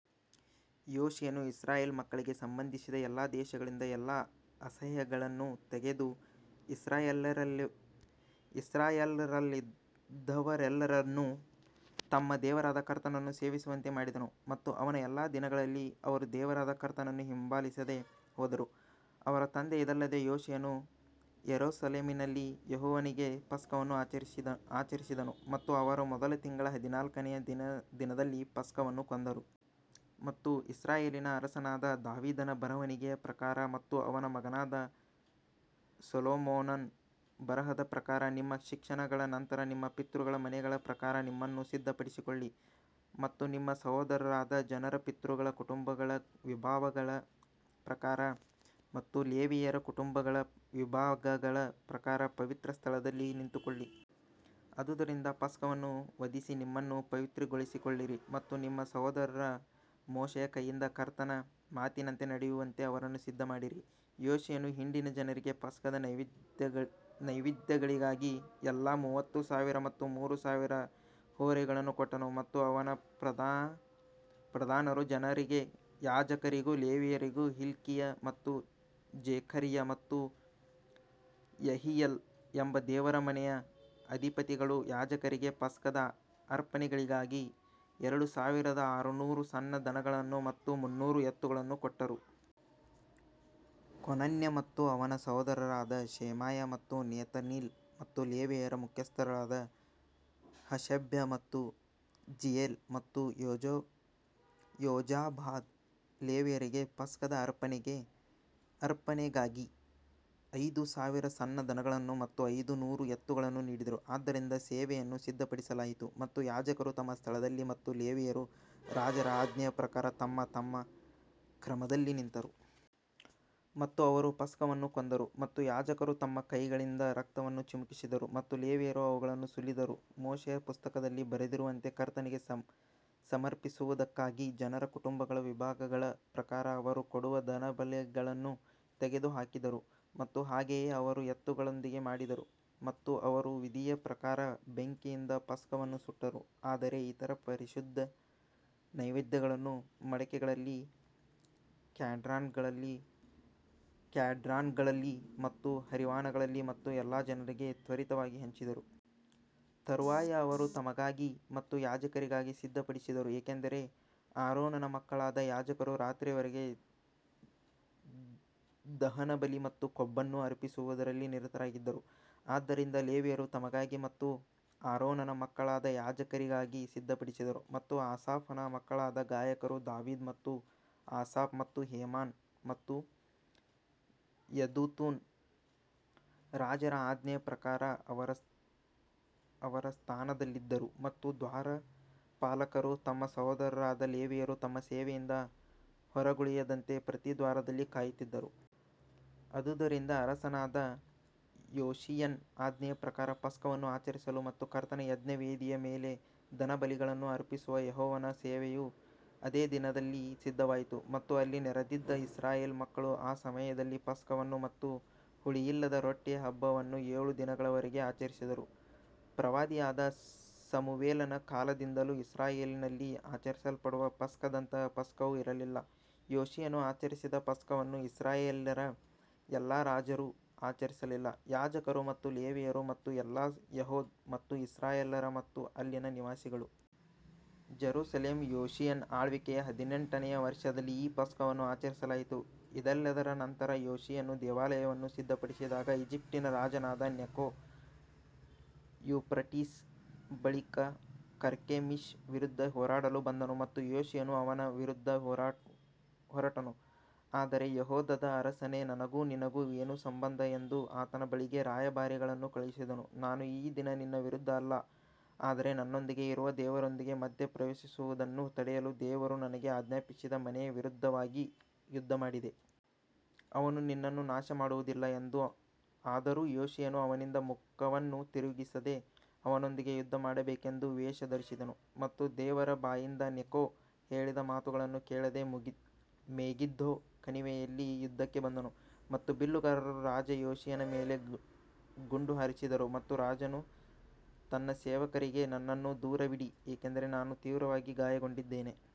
ಯೋಷೀಯನು Israel ಮಕ್ಕಳಿಗೆ ಸಂಬಂಧಿಸಿದ ಎಲ್ಲಾ ದೇಶಗಳಿಂದ ಎಲ್ಲಾ ಅಸಹ್ಯಗಳನ್ನು ತೆಗೆದು ಇಸ್ರಾಯೇಲ್ಯರಲ್ಲಿದ್ದವರೆಲ್ಲರನ್ನೂ ತಮ್ಮ ದೇವರಾದ ಕರ್ತನನ್ನು ಸೇವಿಸುವಂತೆ ಮಾಡಿದನು ಮತ್ತು ಅವನ ಎಲ್ಲಾ ದಿನಗಳಲ್ಲಿ ಅವರು ದೇವರಾದ ಕರ್ತನನ್ನು ಹಿಂಬಾಲಿಸದೆ ಹೋದರು. ಅವರ ತಂದೆ ಇದಲ್ಲದೆ ಯೋಷೀಯನು ಯೆರೂಸಲೇಮಿನಲ್ಲಿ ಯೆಹೋವನಿಗೆ ಪಸ್ಕವನ್ನು ಆಚರಿಸಿದನು ಮತ್ತು ಅವರು ಮೊದಲ ತಿಂಗಳ ಹದಿನಾಲ್ಕನೆಯ ದಿನದಲ್ಲಿ ಪಸ್ಕವನ್ನು ಕೊಂದರು. ಮತ್ತು ಇಸ್ರಾಯೇಲಿನ ಅರಸನಾದ ದಾವೀದನ ಬರವಣಿಗೆಯ ಪ್ರಕಾರ ಮತ್ತು ಅವನ ಮಗನಾದ ಸೊಲೊಮೋನನ ಬರಹದ ಪ್ರಕಾರ ನಿಮ್ಮ ಶಿಕ್ಷಣಗಳ ನಂತರ ನಿಮ್ಮ ಪಿತೃಗಳ ಮನೆಗಳ ಪ್ರಕಾರ ನಿಮ್ಮನ್ನು ಸಿದ್ಧಪಡಿಸಿಕೊಳ್ಳಿ. ಮತ್ತು ನಿಮ್ಮ ಸಹೋದರರಾದ ಜನರ ಪಿತೃಗಳ ಕುಟುಂಬಗಳ ವಿಭಾಗಗಳ ಪ್ರಕಾರ ಮತ್ತು ಲೇವಿಯರ ಕುಟುಂಬಗಳ ವಿಭಾಗಗಳ ಪ್ರಕಾರ ಪವಿತ್ರ ಸ್ಥಳದಲ್ಲಿ ನಿಂತುಕೊಳ್ಳಿ. ಆದುದರಿಂದ ಪಸ್ಕವನ್ನು ವಧಿಸಿ ನಿಮ್ಮನ್ನು ಪವಿತ್ರಗೊಳಿಸಿಕೊಳ್ಳಿರಿ ಮತ್ತು ನಿಮ್ಮ ಸಹೋದರರು ಮೋಶೆಯ ಕೈಯಿಂದ ಕರ್ತನ ಮಾತಿನಂತೆ ನಡೆಯುವಂತೆ ಅವರನ್ನು ಸಿದ್ಧಮಾಡಿರಿ. ಯೋಷೀಯನು ಹಿಂಡಿನ ಜನರಿಗೆ ಪಸ್ಕದ ನೈವೇದ್ಯಗಳಿಗಾಗಿ ಎಲ್ಲಾ ಮೂವತ್ತು ಸಾವಿರ ಮತ್ತು ಮೂರು ಸಾವಿರ ಹೋರಿಗಳನ್ನು ಕೊಟ್ಟನು. ಮತ್ತು ಅವನ ಪ್ರಧಾನರು ಜನರಿಗೆ ಯಾಜಕರಿಗೂ ಲೇವಿಯರಿಗೂ ಹಿಲ್ಕೀಯ ಮತ್ತು ಜೆಕರ್ಯ ಮತ್ತು ಯೆಹೀಯೇಲ್ ಎಂಬ ದೇವರ ಮನೆಯ ಅಧಿಪತಿಗಳು ಯಾಜಕರಿಗೆ ಪಸ್ಕದ ಅರ್ಪಣೆಗಳಿಗಾಗಿ ಎರಡು ಸಾವಿರದ ಆರುನೂರು ಸಣ್ಣ ದನಗಳನ್ನು ಮತ್ತು ಮುನ್ನೂರು ಎತ್ತುಗಳನ್ನು ಕೊಟ್ಟರು. ಕೊನನ್ಯ ಮತ್ತು ಅವನ ಸಹೋದರರಾದ ಶೆಮಾಯ ಮತ್ತು ನೆತನೀಲ್ ಮತ್ತು ಲೇವಿಯರ ಮುಖ್ಯಸ್ಥರಾದ ಹಷಬ್ಯ ಮತ್ತು ಜೀಯೇಲ್ ಮತ್ತು ಯೋಜಾಬಾದ್ ಲೇವಿಯರಿಗೆ ಪಸ್ಕದ ಅರ್ಪಣೆಗಾಗಿ ಐದು ಸಾವಿರ ಸಣ್ಣ ದನಗಳನ್ನು ಮತ್ತು ಐದು ನೂರು ಎತ್ತುಗಳನ್ನು ನೀಡಿದರು. ಆದ್ದರಿಂದ ಸೇವೆಯನ್ನು ಸಿದ್ಧಪಡಿಸಲಾಯಿತು ಮತ್ತು ಯಾಜಕರು ತಮ್ಮ ಸ್ಥಳದಲ್ಲಿ ಮತ್ತು ಲೇವಿಯರು ರಾಜರ ಆಜ್ಞೆಯ ಪ್ರಕಾರ ತಮ್ಮ ತಮ್ಮ ಕ್ರಮದಲ್ಲಿ ನಿಂತರು. ಮತ್ತು ಅವರು ಪಸ್ಕವನ್ನು ಕೊಂದರು ಮತ್ತು ಯಾಜಕರು ತಮ್ಮ ಕೈಗಳಿಂದ ರಕ್ತವನ್ನು ಚಿಮುಕಿಸಿದರು ಮತ್ತು ಲೇವಿಯರು ಅವುಗಳನ್ನು ಸುಲಿದರು ಮೋಶೆಯ ಪುಸ್ತಕದಲ್ಲಿ ಬರೆದಿರುವಂತೆ ಕರ್ತನಿಗೆ ಸಮರ್ಪಿಸುವುದಕ್ಕಾಗಿ ಜನರ ಕುಟುಂಬಗಳ ವಿಭಾಗಗಳ ಪ್ರಕಾರ ಅವರು ಕೊಡುವ ದಹನಬಲಿಗಳನ್ನು ತೆಗೆದುಹಾಕಿದರು ಮತ್ತು ಹಾಗೆಯೇ ಅವರು ಎತ್ತುಗಳೊಂದಿಗೆ ಮಾಡಿದರು. ಮತ್ತು ಅವರು ವಿಧಿಯ ಪ್ರಕಾರ ಬೆಂಕಿಯಿಂದ ಪಸ್ಕವನ್ನು ಸುಟ್ಟರು ಆದರೆ ಇತರ ಪರಿಶುದ್ಧ ನೈವೇದ್ಯಗಳನ್ನು ಮಡಕೆಗಳಲ್ಲಿ, ಕ್ಯಾಡ್ರಾನ್ಗಳಲ್ಲಿ ಮತ್ತು ಹರಿವಾಣಗಳಲ್ಲಿ ಮತ್ತು ಎಲ್ಲಾ ಜನರಿಗೆ ತ್ವರಿತವಾಗಿ ಹಂಚಿದರು. ತರುವಾಯ ಅವರು ತಮಗಾಗಿ ಮತ್ತು ಯಾಜಕರಿಗಾಗಿ ಸಿದ್ಧಪಡಿಸಿದರು ಏಕೆಂದರೆ ಆರೋನನ ಮಕ್ಕಳಾದ ಯಾಜಕರು ರಾತ್ರಿಯವರೆಗೆ ದಹನಬಲಿ ಮತ್ತು ಕೊಬ್ಬನ್ನು ಅರ್ಪಿಸುವುದರಲ್ಲಿ ನಿರತರಾಗಿದ್ದರು, ಆದ್ದರಿಂದ ಲೇವಿಯರು ತಮಗಾಗಿ ಮತ್ತು ಆರೋನನ ಮಕ್ಕಳಾದ ಯಾಜಕರಿಗಾಗಿ ಸಿದ್ಧಪಡಿಸಿದರು. ಮತ್ತು ಆಸಾಫನ ಮಕ್ಕಳಾದ ಗಾಯಕರು ದಾವೀದ ಮತ್ತು ಆಸಾಫ್ ಮತ್ತು ಹೇಮಾನ್ ಮತ್ತು ಯೆದುತೂನ್ ರಾಜರ ಆಜ್ಞೆಯ ಪ್ರಕಾರ ಅವರ ಸ್ಥಾನದಲ್ಲಿದ್ದರು ಮತ್ತು ದ್ವಾರಪಾಲಕರು ತಮ್ಮ ಸಹೋದರರಾದ ಲೇವಿಯರು ತಮ್ಮ ಸೇವೆಯಿಂದ ಹೊರಗುಳಿಯದಂತೆ ಪ್ರತಿ ದ್ವಾರದಲ್ಲಿ ಕಾಯುತ್ತಿದ್ದರು. ಆದುದರಿಂದ ಅರಸನಾದ ಯೋಷೀಯನ ಆಜ್ಞೆಯ ಪ್ರಕಾರ ಪಸ್ಕವನ್ನು ಆಚರಿಸಲು ಮತ್ತು ಕರ್ತನ ಯಜ್ಞವೇದಿಯ ಮೇಲೆ ದಹನಬಲಿಗಳನ್ನು ಅರ್ಪಿಸಲು ಯೆಹೋವನ ಸೇವೆಯು ಅದೇ ದಿನದಲ್ಲಿ ಸಿದ್ಧವಾಯಿತು. ಮತ್ತು ಅಲ್ಲಿ ನೆರೆದಿದ್ದ ಇಸ್ರಾಯೇಲ್ ಮಕ್ಕಳು ಆ ಸಮಯದಲ್ಲಿ ಪಸ್ಕವನ್ನು ಮತ್ತು ಹುಳಿಯಿಲ್ಲದ ರೊಟ್ಟಿಯ ಹಬ್ಬವನ್ನು ಏಳು ದಿನಗಳವರೆಗೆ ಆಚರಿಸಿದರು ಪ್ರವಾದಿಯಾದ ಸಮುವೇಲನ ಕಾಲದಿಂದಲೂ ಇಸ್ರಾಯೇಲಿನಲ್ಲಿ ಆಚರಿಸಲ್ಪಡುವ ಪಸ್ಕದಂತಹ ಪಸ್ಕವು ಇರಲಿಲ್ಲ, ಯೋಷೀಯನು ಆಚರಿಸಿದ ಪಸ್ಕವನ್ನು ಇಸ್ರಾಯೇಲ್ಯರ ಎಲ್ಲಾ ರಾಜರು ಆಚರಿಸಲಿಲ್ಲ, ಯಾಜಕರು ಮತ್ತು ಲೇವಿಯರು ಮತ್ತು ಎಲ್ಲಾ ಯೆಹೂದ ಮತ್ತು ಇಸ್ರಾಯೇಲ್ಯರು ಮತ್ತು ಅಲ್ಲಿನ ನಿವಾಸಿಗಳು. ಜೆರುಸಲೇಮ್ ಯೋಷೀಯನ ಆಳ್ವಿಕೆಯ ಹದಿನೆಂಟನೆಯ ವರ್ಷದಲ್ಲಿ ಈ ಪಸ್ಕವನ್ನು ಆಚರಿಸಲಾಯಿತು ಇದೆಲ್ಲದರ ನಂತರ, ಯೋಷೀಯನು ದೇವಾಲಯವನ್ನು ಸಿದ್ಧಪಡಿಸಿದಾಗ, ಈಜಿಪ್ಟಿನ ರಾಜನಾದ ನೆಕೋ ಯೂಫ್ರಟೀಸ್ ಬಳಿಯ ಕರ್ಕೆಮಿಶ್ ವಿರುದ್ಧ ಹೋರಾಡಲು ಬಂದನು ಮತ್ತು ಯೋಷೀಯನು ಅವನ ವಿರುದ್ಧ ಹೊರಟನು. ಆದರೆ ಯೆಹೂದದ ಅರಸನೇ, ನನಗೂ ನಿನಗೂ ಏನು ಸಂಬಂಧ ಎಂದು ಆತನ ಬಳಿಗೆ ರಾಯಭಾರಿಗಳನ್ನು ಕಳುಹಿಸಿದನು, ನಾನು ಈ ದಿನ ನಿನ್ನ ವಿರುದ್ಧ ಅಲ್ಲ ಆದರೆ ನನ್ನೊಂದಿಗೆ ಇರುವ ದೇವರೊಂದಿಗೆ ಮಧ್ಯಪ್ರವೇಶಿಸುವುದನ್ನು ತಡೆಯಲು ದೇವರು ನನಗೆ ಆಜ್ಞಾಪಿಸಿದ ಮನೆಯ ವಿರುದ್ಧವಾಗಿ ಯುದ್ಧಮಾಡಿದೆ. ಅವನು ನಿನ್ನನ್ನು ನಾಶಮಾಡುವುದಿಲ್ಲ ಎಂದು ಆದರೂ ಯೋಷೀಯನು ಅವನಿಂದ ಮುಖವನ್ನು ತಿರುಗಿಸದೆ ಅವನೊಂದಿಗೆ ಯುದ್ಧಮಾಡಬೇಕೆಂದು ವೇಷ ಧರಿಸಿದನು ಮತ್ತು ದೇವರ ಬಾಯಿಂದ ನೆಕೋ ಹೇಳಿದ ಮಾತುಗಳನ್ನು ಕೇಳದೆ ಮೆಗಿದ್ದೋ ಕಣಿವೆಯಲ್ಲಿ ಯುದ್ಧಕ್ಕೆ ಬಂದನು. ಮತ್ತು ಬಿಲ್ಲುಗಾರರು ರಾಜ ಯೋಷೀಯನ ಮೇಲೆ ಗುಂಡು ಹಾರಿಸಿದರು ಮತ್ತು ರಾಜನು ತನ್ನ ಸೇವಕರಿಗೆ ನನ್ನನ್ನು ದೂರವಿಡಿ, ಏಕೆಂದರೆ ನಾನು ತೀವ್ರವಾಗಿ ಗಾಯಗೊಂಡಿದ್ದೇನೆ.